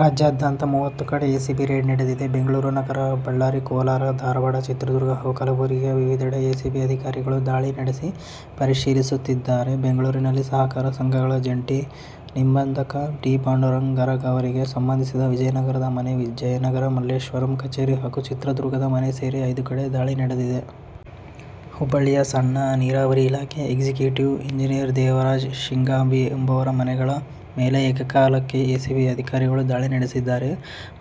ರಾಜ್ಯಾದ್ಯಂತ ಮೂವತ್ತು ಕಡೆ ಎಸಿಬಿ ರೇಡ್ ನಡೆದಿದೆ. ಬೆಂಗಳೂರು ನಗರ, ಬಳ್ಳಾರಿ, ಕೋಲಾರ, ಧಾರವಾಡ, ಚಿತ್ರದುರ್ಗ ಹಾಗೂ ಕಲಬುರಗಿಯ ವಿವಿಧೆಡೆ ಎಸಿಬಿ ಅಧಿಕಾರಿಗಳು ದಾಳಿ ನಡೆಸಿ ಪರಿಶೀಲಿಸುತ್ತಿದ್ದಾರೆ. ಬೆಂಗಳೂರಿನಲ್ಲಿ ಸಹಕಾರ ಸಂಘಗಳ ಜಂಟಿ ನಿಂಬಂಧಕ ಡಿ. ಪಾಂಡುರಂಗ ಗರಗ್ ಅವರಿಗೆ ಸಂಬಂಧಿಸಿದ ವಿಜಯನಗರದ ಮನೆ, ಜಯನಗರ, ಮಲ್ಲೇಶ್ವರಂ ಕಚೇರಿ ಹಾಗೂ ಚಿತ್ರದುರ್ಗದ ಮನೆ ಸೇರಿ ಐದು ಕಡೆ ದಾಳಿ ನಡೆದಿದೆ. ಹುಬ್ಬಳ್ಳಿಯ ಸಣ್ಣ ನೀರಾವರಿ ಇಲಾಖೆ ಎಕ್ಸಿಕ್ಯೂಟಿವ್ ಇಂಜಿನಿಯರ್ ದೇವರಾಜ್ ಶಿಗ್ಗಾಂವಿ ಎಂಬವರ ಮನೆಗಳ ಮೇಲೆ ಏಕಕಾಲಕ್ಕೆ ಎಸಿಬಿ ಅಧಿಕಾರಿಗಳು ದಾಳಿ ನಡೆಸಿದ್ದಾರೆ.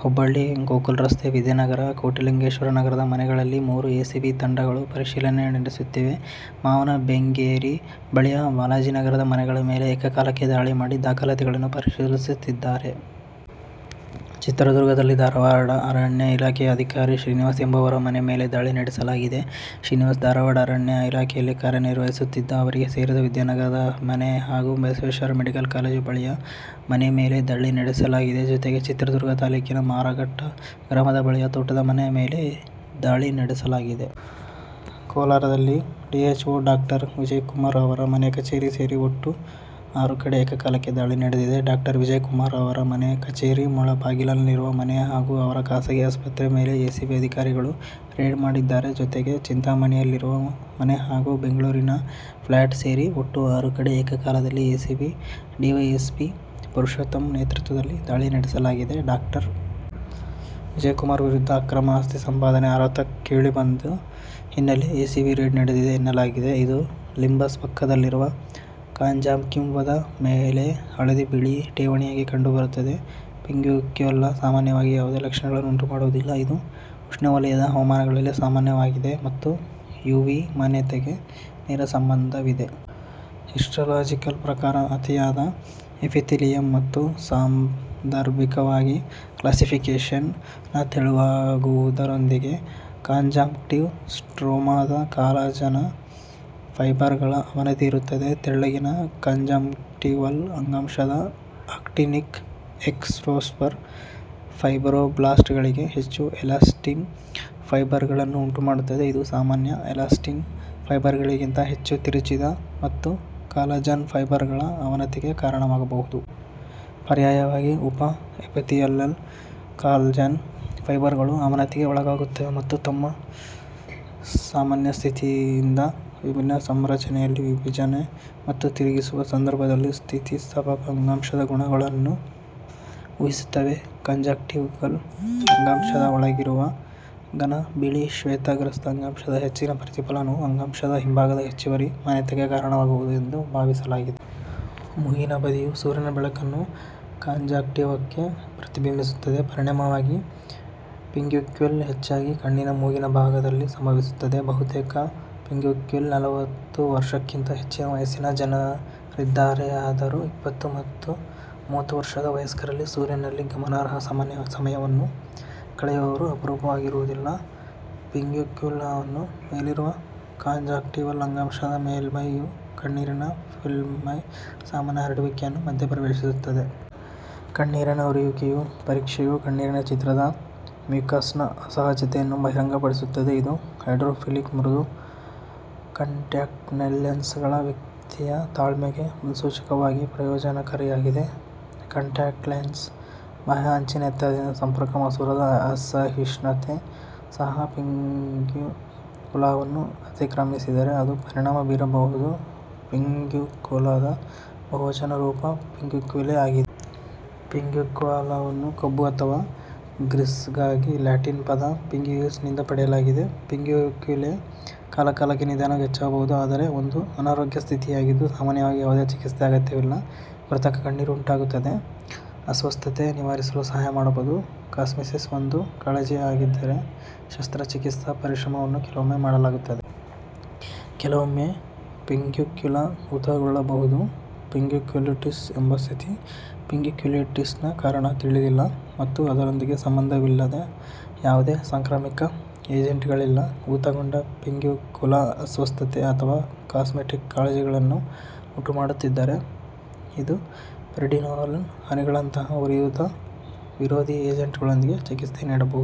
ಹುಬ್ಬಳ್ಳಿ ಗೋಕುಲ ರಸ್ತೆ, ವಿದ್ಯಾನಗರ, ಕೋಟಿಲಿಂಗೆಶ್ವರ ನಗರದ ಮನೆಗಳಲ್ಲಿ ಮೂರು ಎಸಿಬಿ ತಂಡಗಳು ಪರಿಶೀಲನೆ ನಡೆಸುತ್ತಿವೆ. ಮಾವನ ಬೆಂಗೇರಿ ಬಳಿಯ ಬಾಲಾಜಿ ನಗರದ ಮನೆಗಳ ಮೇಲೆ ಏಕಕಾಲಕ್ಕೆ ದಾಳಿ ಮಾಡಿ, ದಾಖಲಾತಿಗಳನ್ನು ಪರಿಶೀಲಿಸುತ್ತಿದ್ದಾರೆ. ಚಿತ್ರದುರ್ಗದಲ್ಲಿ ಧಾರವಾಡ ಅರಣ್ಯ ಇಲಾಖೆಯ ಅಧಿಕಾರಿ ಶ್ರೀನಿವಾಸ್ ಎಂಬುವವರ ಮನೆ ಮೇಲೆ ದಾಳಿ ನಡೆಸಲಾಗಿದೆ. ಶ್ರೀನಿವಾಸ್ ಧಾರವಾಡ ಅರಣ್ಯ ಇಲಾಖೆಯಲ್ಲಿ ಕಾರ್ಯ ನಿರ್ವಹಿಸುತ್ತಿದ್ದು, ಅವರಿಗೆ ಸೇರಿದ ವಿದ್ಯಾನಗರದ ಮನೆ ಹಾಗೂ ಬಸವೇಶ್ವರ ಮೆಡಿಕಲ್ ಕಾಲೇಜು ಬಳಿಯ ಮನೆ ಮೇಲೆ ದಾಳಿ ನಡೆಸಲಾಗಿದೆ. ಜೊತೆಗೆ ಚಿತ್ರದುರ್ಗ ತಾಲೂಕಿನ ಮಾರಘಟ್ಟ ಗ್ರಾಮದ ಬಳಿಯ ತೋಟದ ಮನೆ ಮೇಲೂ ದಾಳಿ ನಡೆಸಲಾಗಿದೆ. ಕೋಲಾರದಲ್ಲಿ ಡಿಹೆಚ್ಓ ಡಾಕ್ಟರ್. ವಿಜಯ್ ಕುಮಾರ್ ಅವರ ಮನೆ ಕಚೇರಿ ಸೇರಿ ಒಟ್ಟು ಆರು ಕಡೆ ಏಕಕಾಲಕ್ಕೆ ದಾಳಿ ನಡೆದಿದೆ. ಡಾಕ್ಟರ್. ವಿಜಯ್ ಕುಮಾರ್ ಅವರ ಮನೆ, ಕಚೇರಿ, ಮುಳಬಾಗಿಲಿನಲ್ಲಿರುವ ಮನೆ ಹಾಗೂ ಅವರ ಖಾಸಗಿ ಆಸ್ಪತ್ರೆ ಮೇಲೆ ಎಸಿಬಿ ಅಧಿಕಾರಿಗಳು ರೇಡ್ ಮಾಡಿದ್ದಾರೆ. ಜೊತೆಗೆ ಚಿಂತಾಮಣಿಯಲ್ಲಿರುವ ಮನೆ ಹಾಗೂ ಬೆಂಗಳೂರಿನ ಫ್ಲಾಟ್ ಸೇರಿ ಒಟ್ಟು ಆರು ಕಡೆ ಏಕಕಾಲದಲ್ಲಿ ಎಸಿಬಿ ಡಿವೈಎಸ್ಪಿ ಪುರುಷೋತ್ತಮ್ ನೇತೃತ್ವದಲ್ಲಿ ದಾಳಿ ನಡೆಸಲಾಗಿದೆ. ಡಾಕ್ಟರ್ ವಿಜಯ್ ಕುಮಾರ್ ವಿರುದ್ಧ ಅಕ್ರಮ ಆಸ್ತಿ ಸಂಪಾದನೆ ಆರೋಪ ಕೇಳಿಬಂದ ಹಿನ್ನೆಲೆ ಎಸಿಬಿ ರೇಡ್ ನಡೆದಿದೆ ಎನ್ನಲಾಗಿದೆ. ಇದು ಲಿಂಬಸ್ ಪಕ್ಕದಲ್ಲಿರುವ ಕಾಂಜಂಕ್ಟಿವದ ಮೇಲೆ ಹಳದಿ-ಬಿಳಿ ಠೇವಣಿಯಾಗಿ ಕಂಡುಬರುತ್ತದೆ.. ಪಿಂಗ್ಯುಕ್ಯುಲಾ ಸಾಮಾನ್ಯವಾಗಿ ಯಾವುದೇ ಲಕ್ಷಣಗಳನ್ನು ಉಂಟುಮಾಡುವುದಿಲ್ಲ. ಇದು ಉಷ್ಣವಲಯದ ಹವಾಮಾನಗಳಲ್ಲಿ ಸಾಮಾನ್ಯವಾಗಿದೆ ಮತ್ತು ಯುವಿ ಮಾನ್ಯತೆಗೆ ನೇರ ಸಂಬಂಧವಿದೆ. ಹಿಸ್ಟೊಲಾಜಿಕಲ್ ಪ್ರಕಾರ, ಅತಿಯಾದ ಎಪಿಥೇಲಿಯಮ್ ಮತ್ತು ಸಾಂದರ್ಭಿಕವಾಗಿ ಕ್ಲಾಸಿಫಿಕೇಷನ್ ನ ತೆಳುವಾಗುವುದರೊಂದಿಗೆ ಕಾಂಜಂಕ್ಟಿವ್ ಸ್ಟ್ರೋಮಾದ ಕಾಲಜನ್ ಫೈಬರ್ಗಳ ಅವನತಿ ಇರುತ್ತದೆ. ತೆಳ್ಳಗಿನ ಕಂಜಂಕ್ಟಿವಲ್ ಅಂಗಾಂಶದ ಅಕ್ಟೀನಿಕ್ ಎಕ್ಸ್ಪೋಸರ್ ಫೈಬ್ರೋಬ್ಲಾಸ್ಟ್ಗಳಿಗೆ ಹೆಚ್ಚು ಎಲಾಸ್ಟಿನ್ ಫೈಬರ್ಗಳನ್ನು ಉಂಟುಮಾಡುತ್ತದೆ, ಇದು ಸಾಮಾನ್ಯ ಎಲಾಸ್ಟಿನ್ ಫೈಬರ್ಗಳಿಗಿಂತ ಹೆಚ್ಚು ತಿರುಚಿದ ಮತ್ತು ಕಾಲಜನ್ ಫೈಬರ್ಗಳ ಅವನತಿಗೆ ಕಾರಣವಾಗಬಹುದು. ಪರ್ಯಾಯವಾಗಿ, ಉಪ-ಎಪಿಥೆಲಿಯಲ್ ಕಾಲಜನ್ ಫೈಬರ್ಗಳು ಅವನತಿಗೆ ಒಳಗಾಗುತ್ತವೆ ಮತ್ತು ತಮ್ಮ ಸಾಮಾನ್ಯ ಸ್ಥಿತಿಯಿಂದ ವಿಭಿನ್ನ ಸಂರಚನೆಯಲ್ಲಿ ವಿಭಜನೆ ಮತ್ತು ತಿರುಗಿಸುವ ಸಂದರ್ಭದಲ್ಲಿ ಸ್ಥಿತಿಸ್ಥಾಪಕ ಅಂಗಾಂಶದ ಗುಣಗಳನ್ನು ಊಹಿಸುತ್ತವೆ. ಕಂಜಂಕ್ಟಿವಲ್ ಅಂಗಾಂಶದ ಒಳಗಿರುವ ಘನ ಬಿಳಿ ಶ್ವೇತಗ್ರಸ್ತ ಅಂಗಾಂಶದ ಹೆಚ್ಚಿನ ಪ್ರತಿಫಲನವು ಅಂಗಾಂಶದ ಹಿಂಭಾಗದ ಹೆಚ್ಚುವರಿ ಮಾನ್ಯತೆಗೆ ಕಾರಣವಾಗಬಹುದು ಎಂದು ಭಾವಿಸಲಾಗಿದೆ. ಮೂಗಿನ ಬದಿಯು ಸೂರ್ಯನ ಬೆಳಕನ್ನು ಕಾಂಜಂಕ್ಟಿವಕ್ಕೆ ಪ್ರತಿಬಿಂಬಿಸುತ್ತದೆ. ಪರಿಣಾಮವಾಗಿ, ಪಿಂಗ್ಯುಕ್ಯುಲೇ ಹೆಚ್ಚಾಗಿ ಕಣ್ಣಿನ ಮೂಗಿನ ಭಾಗದಲ್ಲಿ ಸಂಭವಿಸುತ್ತದೆ. ಬಹುತೇಕ ಪಿಂಗ್ಯುಕ್ಯುಲೇ ನಲವತ್ತು ವರ್ಷಕ್ಕಿಂತ ಹೆಚ್ಚಿನ ವಯಸ್ಸಿನ ಜನರಿದ್ದಾರೆಯಾದರೂ, ಇಪ್ಪತ್ತು ಮತ್ತು ಮೂವತ್ತು ವರ್ಷದ ವಯಸ್ಕರಲ್ಲಿ ಸೂರ್ಯನಲ್ಲಿ ಗಮನಾರ್ಹ ಸಮಯವನ್ನು ಕಳೆಯುವವರು ಅಪರೂಪವಾಗಿರುವುದಿಲ್ಲ. ಪಿಂಗ್ಯುಕ್ಯುಲಾವನ್ನು ಮೇಲಿರುವ ಕಾಂಜಂಕ್ಟಿವಲ್ ಅಂಗಾಂಶದ ಮೇಲ್ಮೈಯು ಕಣ್ಣೀರಿನ ಫಿಲ್ಮ್ನ ಸಾಮಾನ್ಯ ಹರಡುವಿಕೆಯನ್ನು ಮಧ್ಯಪ್ರವೇಶಿಸುತ್ತದೆ. ಕಣ್ಣೀರಿನ ಉರಿಯುವಿಕೆಯ ಪರೀಕ್ಷೆಯು ಕಣ್ಣೀರಿನ ಚಿತ್ರದ ಮ್ಯೂಕಸ್ನ ಅಸಹಜತೆಯನ್ನು ಬಹಿರಂಗಪಡಿಸುತ್ತದೆ, ಇದು ಹೈಡ್ರೋಫಿಲಿಕ್ ಮೃದು ಕಾಂಟ್ಯಾಕ್ಟ್ ಲೆನ್ಸ್ಗಳ ವ್ಯಕ್ತಿಯ ತಾಳ್ಮೆಗೆ ಮುನ್ಸೂಚಕವಾಗಿ ಪ್ರಯೋಜನಕಾರಿಯಾಗಿದೆ. ಕಾಂಟ್ಯಾಕ್ಟ್ ಲೆನ್ಸ್ನ ಬಾಹ್ಯ ಅಂಚಿನ ಎತ್ತರದಿಂದ ಸಂಪರ್ಕ ಮಸೂರದ ಅಸಹಿಷ್ಣುತೆ ಸಹ ಪಿಂಗ್ಯುಕುಲಾವನ್ನು ಅತಿಕ್ರಮಿಸಿದರೆ ಅದು ಪರಿಣಾಮ ಬೀರಬಹುದು. ಪಿಂಗ್ಯುಕುಲಾದ ಬಹುವಚನ ರೂಪ ಪಿಂಗ್ಯುಕ್ಯುಲೇ ಆಗಿದೆ. ಪಿಂಗ್ಯುಕುಲಾವನ್ನು ಕೊಬ್ಬು ಅಥವಾ ಗ್ರೀಸ್ಗಾಗಿ ಲ್ಯಾಟಿನ್ ಪದ "ಪಿಂಗ್ಯುಯಿಸ್" ನಿಂದ ಪಡೆಯಲಾಗಿದೆ. ಪಿಂಗ್ಯುಕ್ಯುಲೇ ಕಾಲಕಾಲಕ್ಕೆ ನಿಧಾನವಾಗಿ ಹೆಚ್ಚಾಗಬಹುದು, ಆದರೆ ಒಂದು ಅನಾರೋಗ್ಯ ಸ್ಥಿತಿಯಾಗಿದ್ದು, ಸಾಮಾನ್ಯವಾಗಿ ಯಾವುದೇ ಚಿಕಿತ್ಸೆ ಅಗತ್ಯವಿಲ್ಲ. ಕೃತಕ ಕಣ್ಣೀರು ಉಂಟಾಗುತ್ತದೆ, ಅಸ್ವಸ್ಥತೆ ನಿವಾರಿಸಲು ಸಹಾಯ ಮಾಡಬಹುದು. ಕಾಸ್ಮೆಸಿಸ್ ಒಂದು ಕಾಳಜಿಯೇ ಆಗಿದ್ದರೆ, ಶಸ್ತ್ರಚಿಕಿತ್ಸಾ ಪರಿಶ್ರಮವನ್ನು ಕೆಲವೊಮ್ಮೆ ಮಾಡಲಾಗುತ್ತದೆ. ಕೆಲವೊಮ್ಮೆ, ಪಿಂಗ್ಯುಕ್ಯುಲಾ ಊತಗೊಳ್ಳಬಹುದು, ಪಿಂಗ್ಯುಕ್ಯುಲಿಟಿಸ್ ಎಂಬ ಸ್ಥಿತಿ. ಪಿಂಗ್ಯುಕ್ಯುಲಿಟಿಸ್ನ ಕಾರಣ ತಿಳಿದಿಲ್ಲ ಮತ್ತು ಅದರೊಂದಿಗೆ ಸಂಬಂಧವಿಲ್ಲದ ಯಾವುದೇ ಸಾಂಕ್ರಾಮಿಕ ಏಜೆಂಟ್ಗಳಿಲ್ಲ. ಊತಗೊಂಡ ಪಿಂಗ್ಯುಕುಲಾ ಅಸ್ವಸ್ಥತೆ ಅಥವಾ ಕಾಸ್ಮೆಟಿಕ್ ಕಾಳಜಿಗಳನ್ನು ಉಂಟುಮಾಡುತ್ತಿದ್ದರೆ, ಇದು ಪ್ರೆಡಿನೊಲೋನ್ ಹನಿಗಳಂತಹ ಉರಿಯೂತ-ವಿರೋಧಿ ಏಜೆಂಟ್ಗಳೊಂದಿಗೆ ಚಿಕಿತ್ಸೆ ನೀಡಬಹುದು.